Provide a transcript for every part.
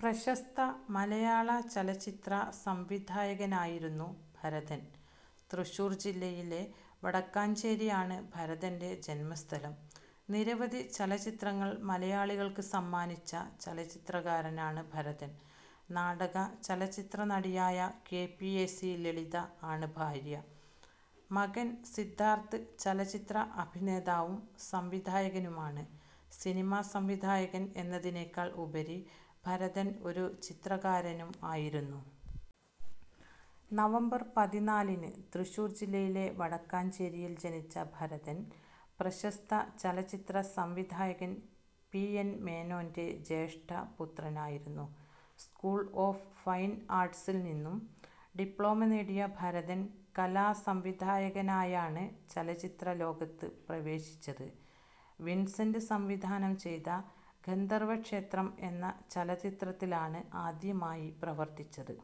പ്രശസ്ത മലയാള ചലച്ചിത്ര സംവിധായകനായിരുന്നു ഭരതൻ. തൃശ്ശൂർ ജില്ലയിലെ വടക്കാഞ്ചേരി ആണ് ഭരതൻ്റെ ജന്മസ്ഥലം. നിരവധി ചലച്ചിത്രങ്ങൾ മലയാളികൾക്ക് സമ്മാനിച്ച ചലച്ചിത്രകാരനാണ് ഭരതൻ. നാടക ചലച്ചിത്രനടിയായ K. P. A. C. Lalitha ആണ് ഭാര്യ. മകൻ സിദ്ധാർഥ് ചലച്ചിത്ര അഭിനേതാവും സംവിധായകനുമാണ്. സിനിമ സംവിധായകൻ എന്നതിനെക്കാൾ ഉപരി ഭരതൻ ഒരു ചിത്രകരനും ആയിരുന്നു. നവംബർ പതിനാലിന് തൃശ്ശൂർ ജില്ലയിലെ വടക്കാഞ്ചേരിയിൽ ജനിച്ച ഭരതൻ പ്രശസ്ത ചലച്ചിത്രസംവിധായകൻ പി. എൻ. മേനോൻ്റെ ജ്യേഷ്ഠപുത്രനായിരുന്നു. സ്കൂൾ ഓഫ് ഫൈൻ ആർട്ട്സിൽ നിന്നും ഡിപ്ലോമ നേടിയ ഭരതൻ കലാസംവിധായകനായാണ് ചലച്ചിത്രലോകത്ത് പ്രവേശിച്ചത്. വിൻസെൻ്റ് സംവിധാനം ചെയ്ത ഗന്ധർവ ക്ഷേത്രം എന്ന ചലച്ചിത്രത്തിലാണ് ആദ്യമായി പ്രവർത്തിച്ചത്.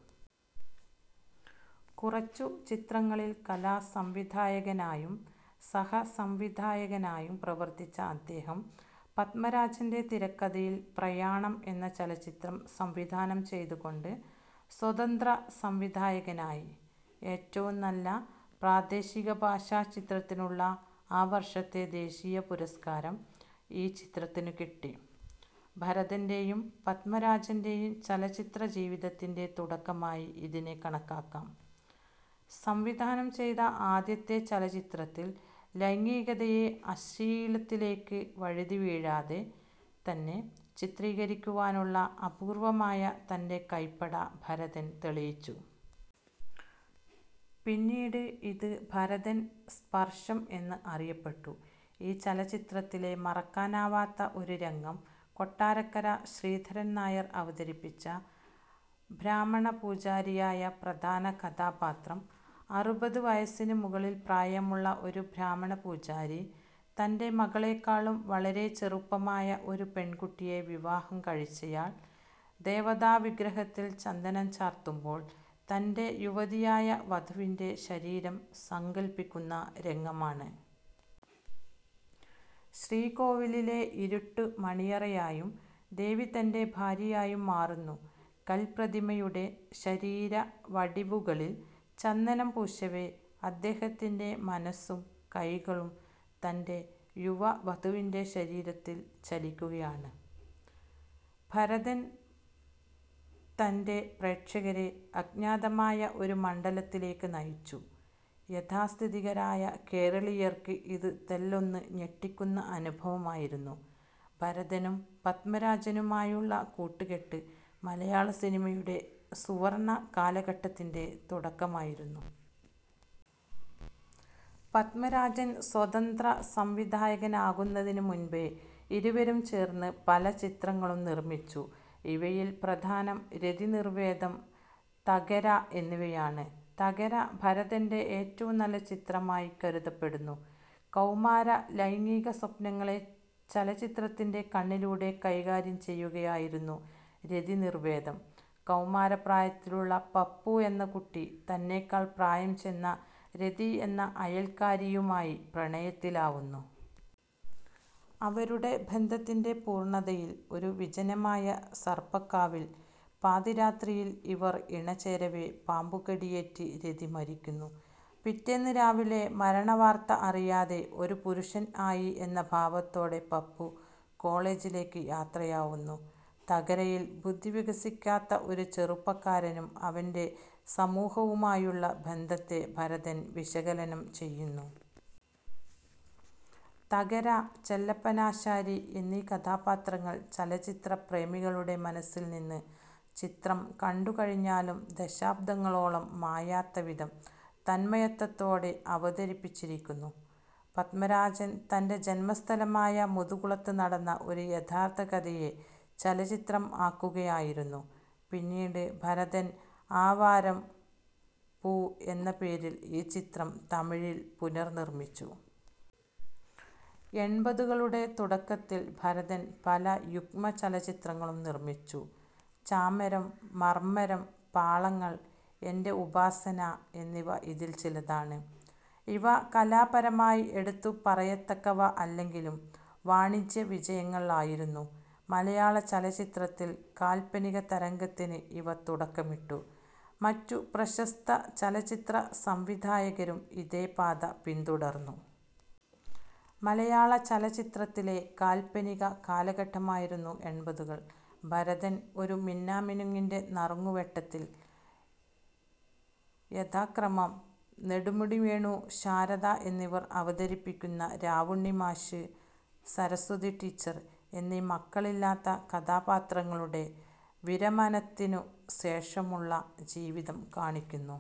കുറച്ചു ചിത്രങ്ങളിൽ കലാസംവിധായകനായും സഹസംവിധായകനായും പ്രവർത്തിച്ച അദ്ദേഹം, പത്മരാജൻ്റെ തിരക്കഥയിൽ പ്രയാണം എന്ന ചലച്ചിത്രം സംവിധാനം ചെയ്തുകൊണ്ട് സ്വതന്ത്രസംവിധായകനായി. ഏറ്റവും നല്ല പ്രാദേശികഭാഷാചിത്രത്തിനുള്ള ആ വർഷത്തെ ദേശീയപുരസ്കാരം ഈ ചിത്രത്തിനു കിട്ടി. ഭരതൻ്റേയും പത്മരാജൻ്റേയും ചലച്ചിത്രജീവിതത്തിൻ്റെ തുടക്കമായി ഇതിനെ കണക്കാക്കാം. സംവിധാനം ചെയ്ത ആദ്യത്തെ ചലച്ചിത്രത്തിൽ ലൈംഗികതയെ അശ്ലീലത്തിലേക്ക് വഴുതിവീഴാതെ തന്നെ ചിത്രീകരിക്കുവാനുള്ള അപൂർവ്വമായ തൻ്റെ കൈപ്പട ഭരതൻ തെളിയിച്ചു. പിന്നീട് ഇത് ഭരതൻ സ്പർശം എന്ന് അറിയപ്പെട്ടു. ഈ ചലച്ചിത്രത്തിലെ മറക്കാനാവാത്ത ഒരു രംഗം കൊട്ടാരക്കര ശ്രീധരൻ നായർ അവതരിപ്പിച്ച ബ്രാഹ്മണപൂജാരിയായ പ്രധാന കഥാപാത്രം അറുപത് വയസ്സിനു മുകളിൽ പ്രായമുള്ള ഒരു ബ്രാഹ്മണ പൂജാരി, തൻ്റെ മകളെക്കാളും വളരെ ചെറുപ്പമായ ഒരു പെൺകുട്ടിയെ വിവാഹം കഴിച്ചയാൾ, ദേവതാ വിഗ്രഹത്തിൽ ചന്ദനം ചാർത്തുമ്പോൾ തൻ്റെ യുവതിയായ വധുവിൻ്റെ ശരീരം സങ്കൽപ്പിക്കുന്ന രംഗമാണ്. ശ്രീകോവിലിലെ ഇരുട്ട് മണിയറയായും ദേവി തൻ്റെ ഭാര്യയായും മാറുന്നു. കൽപ്രതിമയുടെ ശരീരവടിവുകളിൽ ചന്ദനം പൂശവേ അദ്ദേഹത്തിൻ്റെ മനസ്സും കൈകളും തൻ്റെ യുവ വധുവിൻ്റെ ശരീരത്തിൽ ചലിക്കുകയാണ്. ഭരതൻ തൻ്റെ പ്രേക്ഷകരെ അജ്ഞാതമായ ഒരു മണ്ഡലത്തിലേക്കു നയിച്ചു. യാഥാസ്ഥിതികരായ കേരളീയർക്ക് ഇത് തെല്ലൊന്നു ഞെട്ടിക്കുന്ന അനുഭവമായിരുന്നു. ഭരതനും പത്മരാജനുമായുള്ള കൂട്ടുകെട്ട് മലയാള സിനിമയുടെ സുവർണ്ണ കാലഘട്ടത്തിൻ്റെ തുടക്കമായിരുന്നു. പത്മരാജൻ സ്വതന്ത്ര സംവിധായകനാകുന്നതിനു മുൻപേ ഇരുവരും ചേർന്ന് പല ചിത്രങ്ങളും നിർമ്മിച്ചു. ഇവയിൽ പ്രധാനം രതിനിർവ്വേദം, തകര എന്നിവയാണ്. തകര ഭരതൻ്റെ ഏറ്റവും നല്ല ചിത്രമായി കരുതപ്പെടുന്നു. കൗമാര ലൈംഗിക സ്വപ്നങ്ങളെ ചലച്ചിത്രത്തിൻ്റെ കണ്ണിലൂടെ കൈകാര്യം ചെയ്യുകയായിരുന്നു രതിനിർവ്വേദം. കൗമാര പ്രായത്തിലുള്ള പപ്പു എന്ന കുട്ടി തന്നെക്കാൾ പ്രായം ചെന്ന രതി എന്ന അയൽക്കാരിയുമായി പ്രണയത്തിലാവുന്നു. അവരുടെ ബന്ധത്തിൻ്റെ പൂർണ്ണതയിൽ ഒരു വിജനമായ സർപ്പക്കാവിൽ പാതിരാത്രിയിൽ ഇവർ ഇണചേരവേ പാമ്പുകടിയേറ്റ് രതി മരിക്കുന്നു. പിറ്റേന്ന് രാവിലെ മരണ വാർത്ത അറിയാതെ, ഒരു പുരുഷൻ ആയി എന്ന ഭാവത്തോടെ പപ്പു കോളേജിലേക്ക് യാത്രയാവുന്നു. തകരയിൽ ബുദ്ധി വികസിക്കാത്ത ഒരു ചെറുപ്പക്കാരനും അവൻ്റെ സമൂഹവുമായുള്ള ബന്ധത്തെ ഭരതൻ വിശകലനം ചെയ്യുന്നു. തകര, ചെല്ലപ്പനാശാരി എന്നീ കഥാപാത്രങ്ങൾ ചലച്ചിത്രപ്രേമികളുടെ മനസ്സിൽ നിന്ന് ചിത്രം കണ്ടു കഴിഞ്ഞാലും ദശാബ്ദങ്ങളോളം മായാത്ത വിധം തന്മയത്തോടെ അവതരിപ്പിച്ചിരിക്കുന്നു. പത്മരാജൻ തൻ്റെ ജന്മസ്ഥലമായ മുതുകുളത്ത് നടന്ന ഒരു യഥാർത്ഥ കഥയെ ചലച്ചിത്രം ആക്കുകയായിരുന്നു. പിന്നീട് ഭരതൻ ആവാരം പൂ എന്ന പേരിൽ ഈ ചിത്രം തമിഴിൽ പുനർനിർമ്മിച്ചു. എൺപതുകളുടെ തുടക്കത്തിൽ ഭരതൻ പല യുഗ്മ ചലച്ചിത്രങ്ങളും നിർമ്മിച്ചു. 'ചാമരം, മർമ്മരം, പാളങ്ങൾ, എൻ്റെ ഉപാസന' എന്നിവ ഇതിൽ ചിലതാണ്. ഇവ കലാപരമായി എടുത്തുപറയത്തക്കവ അല്ലെങ്കിലും വാണിജ്യ വിജയങ്ങൾ ആയിരുന്നു. മലയാളചലച്ചിത്രത്തിൽ കാല്പനിക തരംഗത്തിന് ഇവ തുടക്കമിട്ടു. മറ്റ് പ്രശസ്ത ചലച്ചിത്രസംവിധായകരും ഇതേ പാത പിന്തുടർന്നു. മലയാളചലച്ചിത്രത്തിലെ കാല്പനിക കാലഘട്ടമായിരുന്നു എൺപതുകൾ. ഭരതൻ, ഒരു മിന്നാമിനുങ്ങിൻ്റെ നുറുങ്ങുവെട്ടത്തിൽ, യഥാക്രമം നെടുമുടി വേണു ശാരദ എന്നിവർ അവതരിപ്പിക്കുന്ന രാവുണ്ണിമാഷ്, സരസ്വതി ടീച്ചർ എന്നീ മക്കളില്ലാത്ത കഥാപാത്രങ്ങളുടെ, വിരമനത്തിനു ശേഷമുള്ള ജീവിതം കാണിക്കുന്നു.